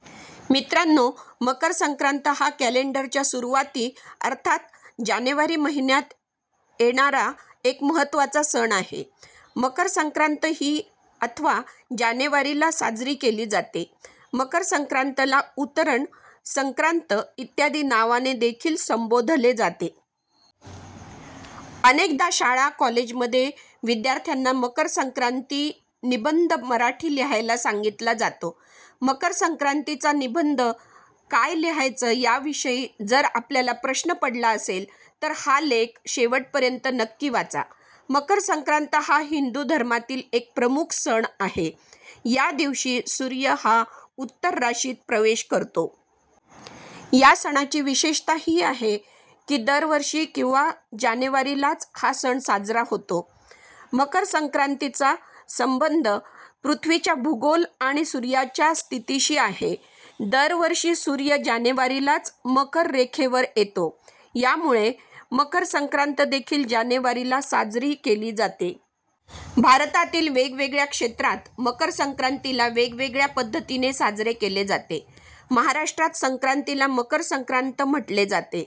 : मित्रांनो मकर संक्रांत हा कॅलेंडर च्या सुरुवाती अर्थात जानेवारी महिन्यात येणारा एक महत्त्वाचा सण आहे. मकरसंक्रांत ही अथवा जानेवारी ला साजरी केली जाते. मकरसंक्रांत ला उतरण, संक्रांत इत्यादी नावाने देखील संबोधले जाते. अनेकदा शाळा कॉलेज मध्ये विद्यार्थ्यांना मकर संक्रांती निबंध मराठी लिहायला सांगितला जातो. मकर संक्रांती चा निबंध काय लिहायचं याविषयी जर आपल्याला प्रश्न पडला असेल तर हा लेख शेवटपर्यंत नक्की वाचा. मकरसंक्रांत हा हिंदू धर्मातील एक प्रमुख सण आहे, या दिवशी सूर्य हा उत्तर राशीत प्रवेश करतो. या सणाची विशेषता ही आहे की दरवर्षी किंवा जानेवारीलाच हा सण साजरा होतो. मकरसंक्रांतीचा संबंध पृथ्वीच्या भूगोल आणि सूर्याच्या स्थितीशी आहे. दरवर्षी सूर्य जानेवारीलाच मकर रेखे वर येतो. यामुळे मकर संक्रांत देखील जानेवारीला साजरी केली जाते. भारतातील वेगवेगळ्या क्षेत्रात मकर संक्रांतीला वेगवेगळ्या पद्धतीने साजरे केले जाते. महाराष्ट्रात संक्रांतीला मकर संक्रांत म्हटले जाते.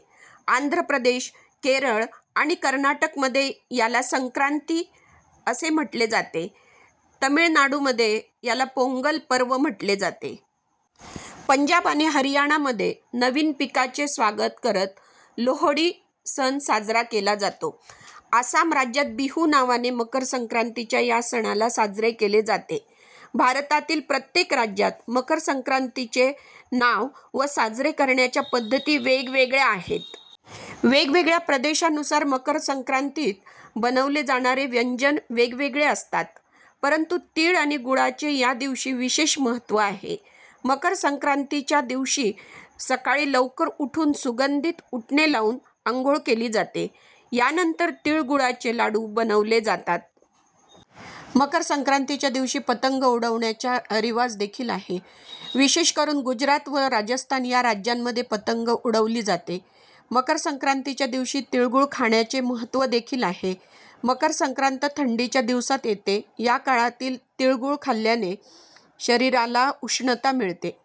आंध्र प्रदेश, केरळ आणि कर्नाटक मध्ये याला संक्रांति असे म्हटले जाते. तमिळनाडूमध्ये याला 'पोंगल' पर्व म्हटले जाते. पंजाब आणि हरियाणा मध्ये नवीन पिकाचे स्वागत करत लोहडी सण साजरा केला जातो. आसाम राज्यात बिहू नावाने मकर संक्रांतीच्या या सणाला साजरे केले जाते. भारतातील प्रत्येक राज्यात मकरसंक्रांतीचे नाव व साजरे करण्याच्या पद्धती वेगवेगळ्या आहेत. वेगवेगळ्या प्रदेशानुसार मकर संक्रांतीत बनवले जाणारे व्यंजन वेगवेगळे असतात, परंतु तीळ आणि गुळाचे या दिवशी विशेष महत्त्व आहे. मकर संक्रांतीच्या दिवशी सकाळी लवकर उठून सुगंधित उटने लाऊन आंघोळ केली जाते. यानंतर तिळगुळाचे लाडू बनवले जातात. मकर संक्रांतीच्या दिवशी पतंग उडवण्याच्या रीवाज देखील आहे. विशेष करून गुजरात व राजस्थान या राज्यांमध्ये पतंग उडवली जाते. मकर संक्रांतीच्या दिवशी तिळगुळ खाण्याचे महत्त्व देखील आहे. मकर संक्रांत थंडीच्या दिवसात येते या काळात तीळ गूळ खाल्ल्याने शरीराला उष्णता मिळते.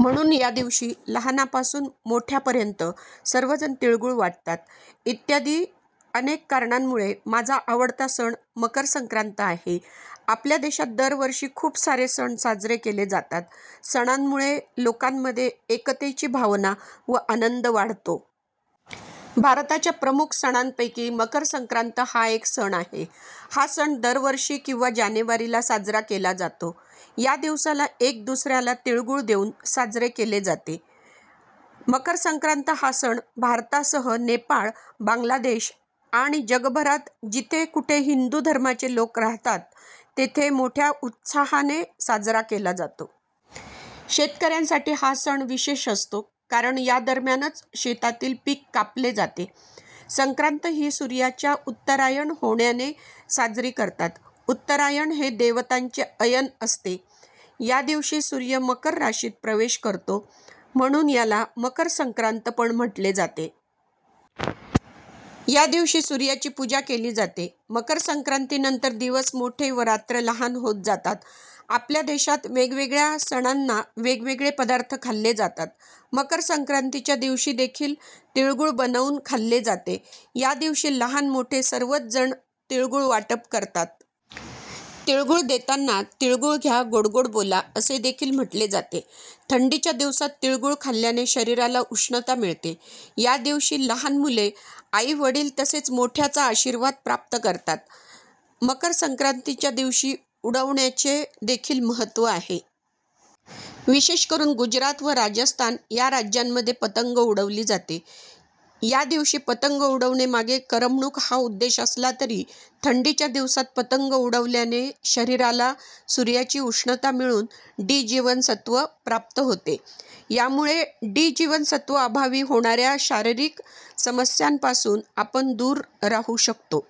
म्हणून या दिवशी लहानापासून मोठ्यापर्यंत सर्वजण तिळगुळ वाटतात. इत्यादी अनेक कारणांमुळे माझा आवडता सण मकर संक्रांत आहे. आपल्या देशात दरवर्षी खूप सारे सण साजरे केले जातात. सणांमुळे लोकामध्ये एकतेची भावना व आनंद वाढतो. भारताच्या प्रमुख सणापैकी मकर संक्रांत हा एक सण आहे. हा सण दरवर्षी किंवा जानेवारीला साजरा केला जातो. या दिवसाला एक दुसऱ्याला तिळगुळ देऊन साजरे केले जाते. मकरसंक्रांत हा सण भारतासह नेपाळ, बांगलादेश आणि जगभरात जिथे कुठे हिंदू धर्माचे लोक राहतात तेथे मोठ्या उत्साहाने साजरा केला जातो. शेतकऱ्यांसाठी हा सण विशेष असतो कारण यादरम्यानच शेतातील पिक कापले जाते. संक्रांत ही सूर्याच्या उत्तरायण होण्याने साजरी करतात. उत्तरायण हे देवतांचे अयन असते. यादिवशी सूर्य मकर राशीत प्रवेश करतो, म्हणून याला 'मकर संक्रांत' पण म्हटले जाते. या दिवशी सूर्याची पूजा केली जाते. मकर संक्रांती नंतर दिवस मोठे व रात्र लहान होत जातात. आपल्या देशात वेगवेगळ्या सणाना वेगवेगळे पदार्थ खाल्ले जातात. मकर संक्रांतीच्या दिवशी देखील तिळगुळ बनवून खाल्ले जाते. या दिवशी लहान मोठे सर्वच जण तिळगुळ वाटप करतात. तिळगुळ देताना "तिळगुळ घ्या, गोड गोड बोला" असे देखील म्हटले जाते. थंडीच्या दिवसात तीळ गुळ खाल्ल्याने शरीराला उष्णता मिळते. या दिवशी लहान मुले आई वडील तसेच मोठ्याचा आशीर्वाद प्राप्त करतात. मकर संक्रांतीच्या दिवशी उडवण्याचे देखील महत्त्व आहे. विशेष करून गुजरात व राजस्थान या राज्यांमध्ये पतंग उडवली जाते. या दिवशी पतंग उडवणे मागे करमणूक हा उद्देश असला तरी थंडीच्या दिवसात पतंग उडवल्याने शरीराला सूर्याची उष्णता मिळून डी जीवनसत्व प्राप्त होते. यामुळे डी जीवनसत्व अभावी होणाऱ्या शारीरिक समस्यांपासून आपण दूर राहू शकतो.